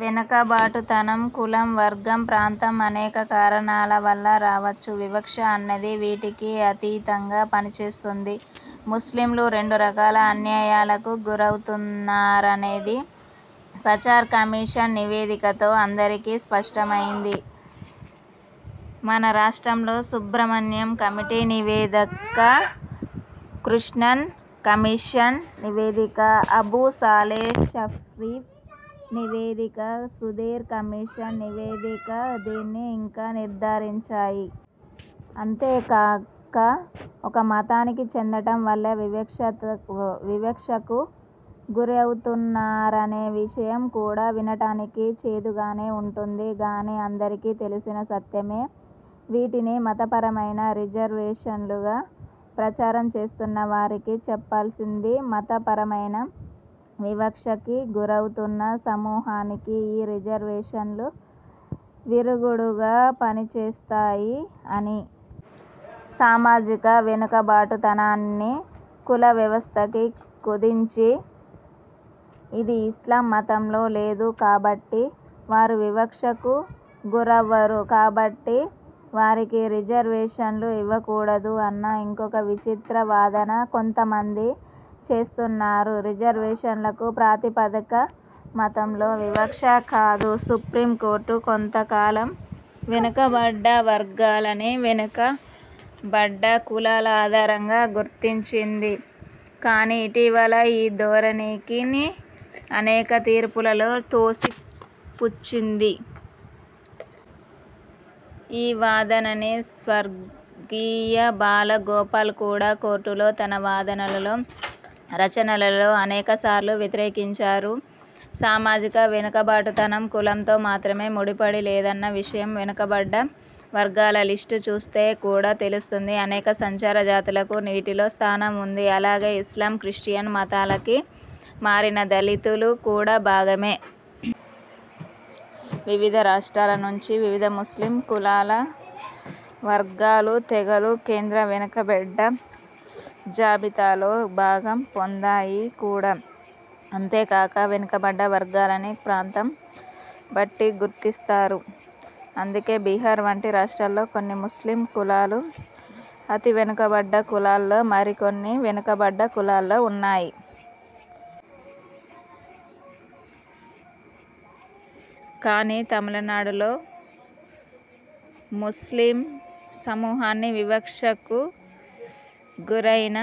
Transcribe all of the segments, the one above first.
వెనుకబాటుతనం కులం, వర్గం, ప్రాంతం అనేక కారణాల వల్ల రావచ్చు వివక్ష అన్నది వీటికి అతీతంగా పనిచేస్తుంది. ముస్లింలు రెండు రకాల అన్యాయాలకు గురవుతున్నారనేది సచార్ కమిషన్ నివేదికతో అందరికీ స్పష్టమయింది. మన రాష్ట్రంలో సుబ్రహ్మణ్యం కమిటీ నివేదిక, కృష్ణన్ కమిషన్ నివేదిక, అబూ సాలే షరీఫ్ నివేదిక, సుధీర్ కమిషన్ నివేదిక దీన్ని ఇంకా నిర్ధారించాయి. అంతే కాక, ఒక మతానికి చెందటం వల్లే వివక్షకు గురవుతున్నారనే విషయం కూడా వినటానికి చేదుగానే ఉంటుంది గానీ అందరికీ తెలిసిన సత్యమే. వీటిని 'మత పరమైన' రిజర్వేషన్లుగా ప్రచారం చేస్తున్న వారికి చెప్పాల్సింది మత పరమయిన వివక్షకి గురవుతున్న సమూహానికి ఈ రిజర్వేషన్లు విరుగుడుగా పనిచేస్తాయీ అని. సామాజిక వెనుకబాటుతనాన్ని కుల వ్యవస్థకి కుదించి, అది ఇస్లాం మతంలో లేదు కాబట్టి వారు వివక్షకు గురవ్వరు, కాబట్టి వారికి రిజర్వేషన్లు ఇవ్వకూడదు అన్న ఇంకొక విచిత్ర వాదన కొంతమంది చేస్తున్నారు. రిజర్వేషన్లకు ప్రాతిపదిక మతంలో వివక్ష కాదు. సుప్రీమ్ కోర్టు కొంత కాలం వెనుకబడ్డ వర్గాలని వెనుక బడ్డ కులాల ఆధారంగా గుర్తించింది కానీ ఇటీవల ఈ ధోరణిని అనేక తీర్పులలో తోసిపుచ్చింది. ఈ వాదనని స్వర్గీయ బాలగోపాల్ కూడా కోర్టులో తన వాదనలలో, రచనలలో అనేక సార్లు వ్యతిరేకించారు. సామాజిక వెనుకబాటుతనం కులంతో మాత్రమే ముడిపడి లేదన్న విషయం వెనుకబడ్డ వర్గాల లిస్టు చూస్తే కూడా తెలుస్తుంది. అనేక సంచార జాతులకు వీటిలో స్థానం వుంది. అలాగే ఇస్లాం, క్రిస్టియన్ మతాలకి మారిన దళితులు కూడా భాగమే. వివిధ రాష్ట్రాల నుంచి వివిధ ముస్లిం కులాలు, వర్గాలు, తెగలు కేంద్ర వెనుకబడ్డ జాబితాలో భాగం పొందాయి కూడా. అంతేకాక వెనుకబడ్డ వర్గాలని ప్రాంతం బట్టి గుర్తి స్తారు. అందుకే బీహార్ వంటి రాష్ట్రాల్లో కొన్ని ముస్లిం కులాలు అతి వెనుకబడ్డ కులాల్లో, మరికొన్ని వెనుకబడ్డ కులాల్లో వున్నాయి. కానీ, తమిళనాడులో ముస్లిం సమూహాన్ని వివక్షకు గురయిన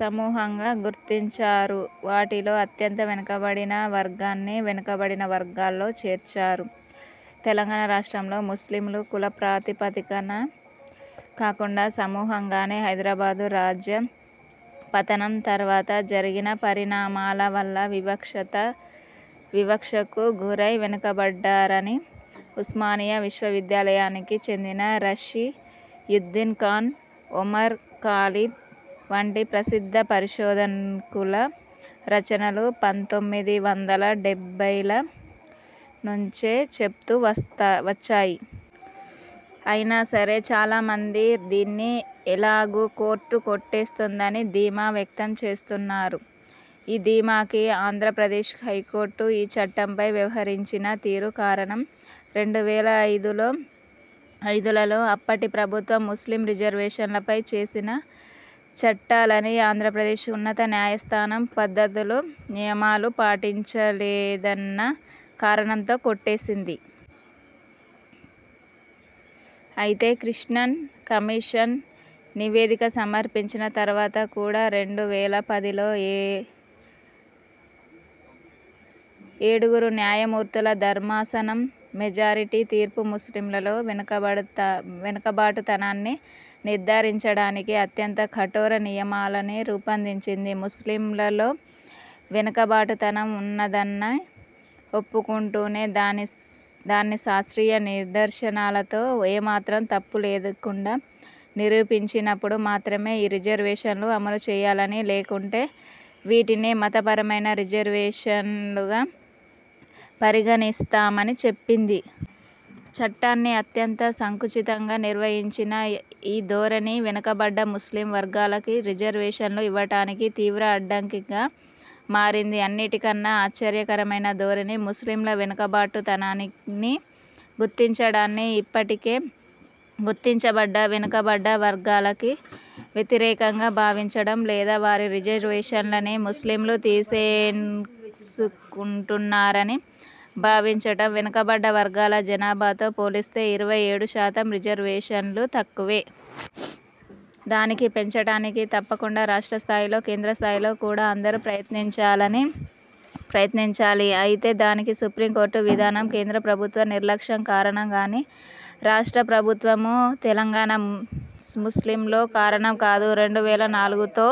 సమూహంగా గుర్తించారు. వారిలో అత్యంత వెనుకబడిన వర్గాన్ని వెనుకబడిన వర్గాల్లో చేర్చారు. తెలంగాణ రాష్ట్రంలో ముస్లింలు కుల ప్రాతిపదికన కాకుండా సమూహంగానే హైదరాబాదు రాజ్య పతనం తర్వాత జరిగిన పరిణామాల వల్ల వివక్షకు గురై వెనుకబడ్డారని ఉస్మానియా విశ్వవిద్యాలయానికి చెందిన రషీయుద్దీన్ ఖాన్, ఒమర్ ఖాలిద్ వంటి ప్రసిద్ధ పరిశోధకుల రచనలు పంతొమ్మిది వందల డెబ్బైల నుంచే చెప్తూ వచ్చాయి. అయినా సరే, చాలా మంది దీన్ని ఎలాగూ కోర్టు కొట్టేస్తుందని ధీమా వ్యక్తం చేస్తున్నారు. ఈ ధీమాకి ఆంధ్ర ప్రదేశ్ హైకోర్టు ఈ చట్టంపై వ్యవహరించిన తీరు కారణం., రెండు వేల ఐదులలో అప్పటి ప్రభుత్వం ముస్లిం రిజర్వేషన్లపై చేసిన చట్టాలని ఆంధ్ర ప్రదేశ్ ఉన్నత న్యాయస్థానం పద్ధతులు, నియమాలు పాటించలేదన్న కారణంతో కొట్టేసింది. అయితే, కృష్ణన్ కమిషన్ నివేదిక సమర్పించిన తరువాత కూడా రెండు వేల పదిలో ఏడుగురు న్యాయమూర్తుల ధర్మాసనం మెజారిటీ తీర్పు ముస్లింలలో వెనుకబాటుతనాన్ని నిర్ధారించటానికి అత్యంత కఠోర నియమాలని రూపొందించింది. ముస్లింలలో వెనుకబాటుతనం వున్నదని ఒప్పుకుంటూనే, దాన్ని శాస్త్రీయ నిదర్శనాలతో, ఏమాత్రం తప్పు లేకుండా నిరూపించినప్పుడు మాత్రమే ఈ రిజర్వేషన్లు అమలు చెయ్యాలని, లేకుంటే వీటిని 'మతపరమయిన రిజర్వేషన్లుగా' పరిగణిస్తామని చెప్పింది. చట్టాన్ని అత్యంత సంకుచితంగా నిర్వచించిన ఈ ధోరణి వెనుకబడ్డ ముస్లిం వర్గాలకి రిజర్వేషన్లు ఇవ్వటానికి తీవ్ర అడ్డంకిగా మారింది. అన్నిటికన్నా ఆశ్చర్యకరమైన ధోరణి ముస్లింల వెనుకబాటుతనాన్ని గుర్తించటాన్ని ఇప్పటికే గుర్తించబడ్డ వెనుకబడ్డ వర్గాలకి వ్యతిరేకంగా భావించటం, లేదా వారి రిజర్వేషన్లని ముస్లింలు తీసేసుకుంటున్నారని భావించటం. వెనుకబడ్డ వర్గాల జనాభాతో పోలిస్తే ఇరవై ఏడుశాతం రిజర్వేషన్లు తక్కువే. దానిని పెంచటానికి తప్పకుండా రాష్ట్ర స్థాయిలో, కేంద్ర స్థాయిలో కూడా అందరూ ప్రయత్నించాలి. అయితే దానికి సుప్రీమ్ కోర్టు విధానం, కేంద్ర ప్రభుత్వ నిర్లక్ష్యం కారణం గానీ, రాష్ట్ర ప్రభుత్వమో, తెలంగాణా ముస్లింలో కారణం కాదు. రెండు వేల నాలుగుతో